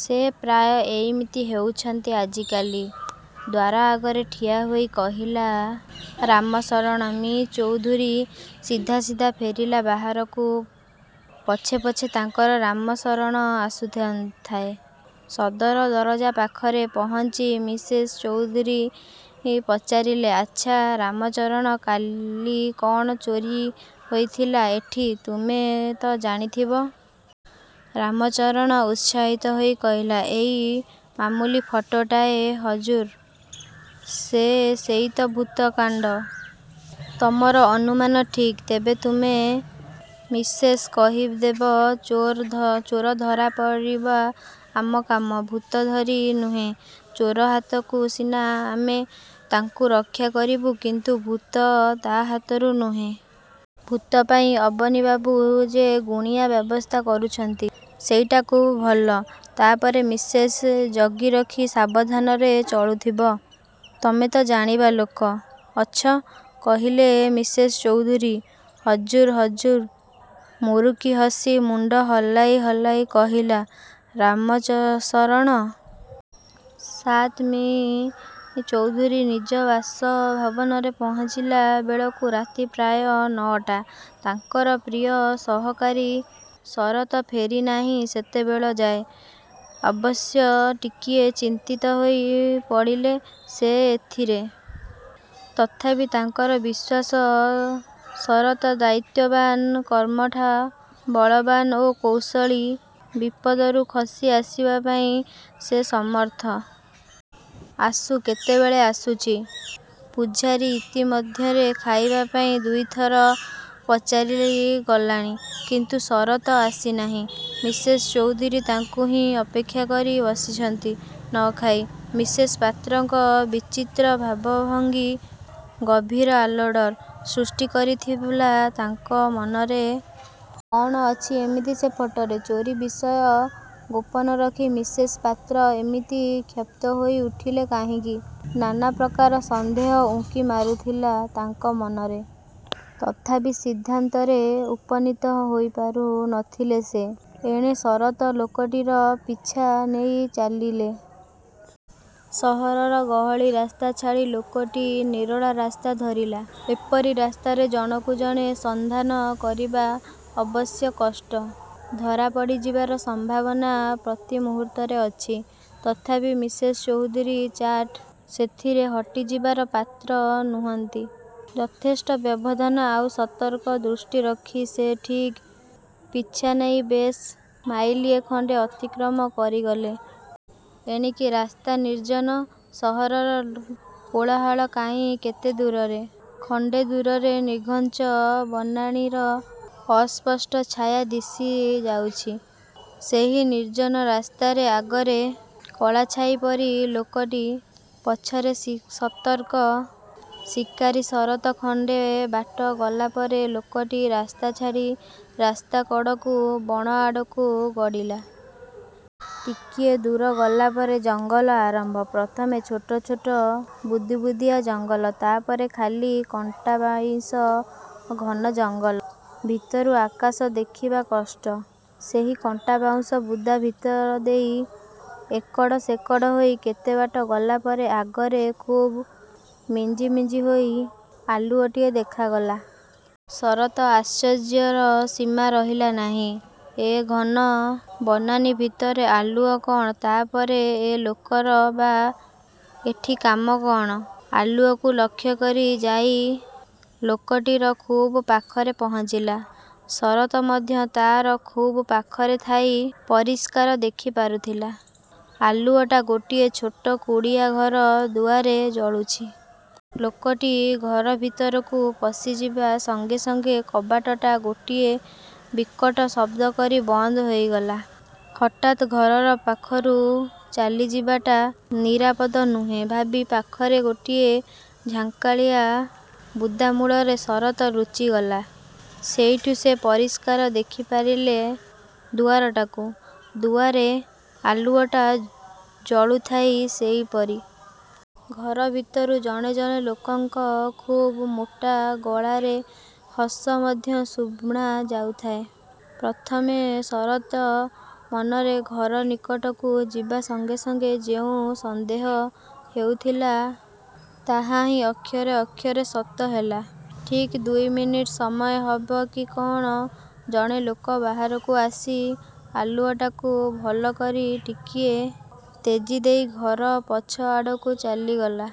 ସେ ପ୍ରାୟ ଏଇମିତି ହେଉଛନ୍ତି ଆଜିକାଲି। '' ଦ୍ୱାର ଆଗରେ ଠିଆ ହୋଇ କହିଲା ରାମଶରଣ। ମି: ଚୌଧୁରୀ ସିଧା ସିଧା ଫେରିଲେ ବାହାରକୁ। ପଛେ ପଛେ ତାଙ୍କର ରାମଶରଣ ଆସୁଥାଏ। ସଦର ଦରଜା ପାଖରେ ପହଞ୍ଚି ମି: ଚୌଧୁରୀ ପଚାରିଲେ, ''ଆଚ୍ଛା, ରାମଶରଣ! କାଲି କ'ଣ ଚୋରୀ ହୋଇଥିଲା ଏଠି, ତୁମେ ତ ଜାଣିଥିବ? '' ରାମଶରଣ ଉତ୍ସାହିତ ହୋଇ କହିଲା-''ଏଇ ମାମୁଲି ଫଟୋଟାଏ ହଜୁର! ସେ ସେଇ ଭୂତର କାଣ୍ଡ। '' ''ତୁମର ଅନୁମାନ ଠିକ୍! ତେବେ ତୁମେ ମିସେସ୍ଙ୍କୁ କହିଦେବ ଚୋର ଧରିବା ଆମର କାମ, ଭୂତ ଧରିବା ନୁହେ। ଚୋର ହାତରୁ ସିନା ଆମେ ତାଙ୍କୁ ରକ୍ଷା କରିବୁ; କିନ୍ତୁ ଭୂତ ହାତରୁ ନୁହେଁ। ଭୂତ ପାଇଁ ଅବନୀବାବୁ ଯେ ଗୁଣିଆଁ ବ୍ୟବସ୍ଥା କରୁଛନ୍ତି, ସେଟା ଖୁବ୍ ଭଲ। ତା'ପରେ ମିସେସ୍ଙ୍କୁ ଜଗି ରଖି ସାବଧାନରେ ଚଳୁଥିବ। ତୁମେ ତ ଜାଣିବା ଲୋକ ଅଛ! '' କହିଲେ ମି: ଚୌଧୁରୀ। ''ହଜୁର, ହଜୁର''! ମୁରୁକି ହସି ମୁଣ୍ଡ ହଲାଉ ହଲାଉ କହିଲା ରାମଶରଣ। -ସାତ- ମି: ଚୌଧୁରୀ ନିଜ ବାସଭବନରେ ପହଞ୍ଚିଲା ବେଳକୁ ରାତି ପ୍ରାୟ ନଅଟା। ତାଙ୍କର ପ୍ରିୟ ସହକାରୀ ଶରତ୍ ଫେରି ନଥାଏ ସେତେବେଳଯାଏ। ଅବଶ୍ୟ ଟିକିଏ ଚିନ୍ତିତ ହୋଇ ପଡ଼ିଲେ ସେ ଏଥିରେ। ତଥାପି ତାଙ୍କର ବିଶ୍ୱାସ ଶରତ୍ ଦାୟିତ୍ୱବାନ, କର୍ମଠ, ବଳବାନ୍ ଓ କୌଶଳୀ; ବିପଦରୁ ଖସି ଆସିବା ପାଇଁ ସେ ସମର୍ଥ। ଆସୁ କେତେବେଳେ ଆସୁଛି! ପୁଝାରୀ ଇତି ମଧ୍ୟରେ ଖାଇବା ପାଇଁ ଦୁଇ ଥର ପଚାରି ଗଲାଣି; କିନ୍ତୁ ଶରତ୍ ଆସିନାହିଁ। ମି: ଚୌଧୁରୀ ତାଙ୍କୁ ହିଁ ଅପେକ୍ଷା କରି ବସିଛନ୍ତି-ନ ଖାଇ। ମିସେସ୍ ପାତ୍ରଙ୍କ ବିଚିତ୍ର ଭାବଭଙ୍ଗି ଗଭୀର ଆଲୋଡ଼ନ ସୃଷ୍ଟି କରିଥିଲା ତାଙ୍କ ମନରେ। କ'ଣ ଅଛି ଏମିତି ସେ ଫଟୋଟାରେ। ଚୋରୀ ବିଷୟ ଗୋପନରଖି ମିସେସ୍ ପାତ୍ର ଏମିତି କ୍ଷିପ୍ତ ହୋଇ ଉଠିଲେ କାହିଁକି-? ନାନା ପ୍ରକାର ସନ୍ଦେହ ଉଙ୍କି ମାରୁଥିଲା ତାଙ୍କ ମନରେ। ତଥାପି ସିଦ୍ଧାନ୍ତରେ ଉପନୀତ ହୋଇପାରୁ ନଥିଲେ ସେ। ଏଣେ ଶରତ୍ ଲୋକଟିର ପିଛା ନେଇ ଚାଲିଲେ। ସହରର ଗହଳି ରାସ୍ତା ଛାଡ଼ି ଲୋକଟି ନିରୋଳା ରାସ୍ତା ଧରିଲା। ଏପରି ରାସ୍ତାରେ ଜଣକୁ ଜଣେ ସନ୍ଧାନ କରିବା ଅବଶ୍ୟ କଷ୍ଟ-। ଧରାପଡ଼ିଯିବାର ସମ୍ଭାବନା ପ୍ରତି ମୁହୂର୍ତ୍ତରେ ଅଛି। ତଥାପି ମି: ଚୌଧୁରୀଙ୍କ ଚାଟ ସେଥିରେ ହଟିଯିବାର ପାତ୍ର ନୁହନ୍ତି। ଯଥେଷ୍ଟ ବ୍ୟବଧାନ ଆଉ ସତର୍କ ଦୃଷ୍ଟି ରଖି ସେ ଠିକ୍ ପିଛାନେଇ ବେଶ୍ ମାଇଲିଏ ଖଣ୍ଡେ ଅତିକ୍ରମ କରିଗଲେ। ଏଣିକି ରାସ୍ତା ନିର୍ଜନ। ସହରର କୋଳାହଳ କାହିଁ କେତେ ଦୂରରେ। ଖଣ୍ଡେ ଦୂରରେ ନିଘଞ୍ଚ ବନାନୀର ଅସ୍ପଷ୍ଟ ଛାୟା ଦିଶିଯାଉଛି। ସେହି ନିର୍ଜନ ରାସ୍ତାରେ ଆଗରେ କଳାଛାଇ ପରି ଲୋକଟି, ପଛରେ ସତର୍କ ଶିକାରୀ ଶରତ୍। ଖଣ୍ଡେ ବାଟ ଗଲାପରେ ଲୋକଟି ରାସ୍ତା ଛାଡ଼ି ରାସ୍ତା କଡ଼ରୁ ବଣ ଆଡ଼କୁ ଗଡ଼ିଲା। ଟିକିଏ ଦୂର ଗଲା ପରେ ଜଙ୍ଗଲ ଆରମ୍ଭ। ପ୍ରଥମେ ଛୋଟ ଛୋଟ ବୁଦି ବୁଦିଆ ଜଙ୍ଗଲ। ତା'ପରେ ଖାଲି କଣ୍ଟାବାଉଁଶର ଘନ ଜଙ୍ଗଲ। ଭିତରୁ ଆକାଶ ଦେଖିବା କଷ୍ଟ। ସେହି କଣ୍ଟାବାଉଁଶ ବୁଦା ଭିତର ଦେଇ ଏକଡ଼ ସେକଡ଼ ହୋଇ କେତେବାଟ ଗଲାପରେ ଆଗରେ ଖୁବ୍ ମିଞ୍ଜିମିଞ୍ଜି ହୋଇ ଆଲୁଅଟିଏ ଦେଖାଗଲା। ଶରତ୍ର ଆଶ୍ଚର୍ଯ୍ୟର ସୀମା ରହିଲା ନାହିଁ। ଏ ଘନ ବନାନୀ ଭିତରେ ଆଲୁଅ କ'ଣ, ତା'ପରେ ଏ ଲୋକର ବା ଏଠି କାମ କ'ଣ? ଆଲୁଅକୁ ଲକ୍ଷ୍ୟ କରି ଯାଇ ଲୋକଟି ଖୁବ୍ ପାଖରେ ପହଞ୍ଚିଗଲା। ଶରତ୍ ମଧ୍ୟ ତା'ର ଖୁବ୍ ପାଖରେ ଥାଇ ପରିଷ୍କାର ଦେଖି ପାରୁଥାନ୍ତି, ଆଲୁଅଟା ଗୋଟାଏ ଛୋଟ କୁଡ଼ିଆ ଘର ଦୁଆରେ ଜଳୁଛି। ଲୋକଟି ଘର ଭିତରକୁ ପଶିଯିବା ସଙ୍ଗେ ସଙ୍ଗେ କବାଟଟା ଗୋଟାଏ ବିକଟ ଶବ୍ଦ କରି ବନ୍ଦ ହୋଇଗଲା। ହଠାତ୍ ଘରର ପାଖକୁ ଚାଲିଯିବାଟା ନିରାପଦ ନୁହେଁ ଭାବି ପାଖରେ ଗୋଟାଏ ଝଙ୍କାଳିଆ ବୁଦା ମୂଳରେ ଶରତ୍ ଲୁଚିଗଲେ। ସେଇଠୁ ସେ ପରିଷ୍କାର ଦେଖିପାରିଲେ ଦୁଆରଟାକୁ-। ଦୁଆରେ ଆଲୁଅଟା ଜଳୁଥାଏ ସେଇପରି। ଘର ଭିତରୁ କେତେଜଣ ଲୋକଙ୍କର ଖୁବ୍ ମୋଟା ଗଳାରେ ହସ ମଧ୍ୟ ଶୁଣାଯାଉଥାଏ। ପ୍ରଥମେ ଶରତ୍ର ମନରେ ଘର ନିକଟକୁ ଯିବା ସଙ୍ଗେ ସଙ୍ଗେ ଯେଉଁ ସନ୍ଦେହ ହେଉଥିଲା, ତାହାହିଁ ଅକ୍ଷରରେ ଅକ୍ଷର ସତ ହେଲା। ଠିକ୍ ଦୁଇମିନିଟ୍ ସମୟ ହେବ କି କ'ଣ, ଜଣେ ଲୋକ ବାହାରକୁ ଆସି ଆଲୁଅଟାକୁ ଭଲ କରି ଟିକେ ତେଜି ଦେଇ ଘରର ପଛ ଆଡ଼କୁ ଚାଲିଗଲା।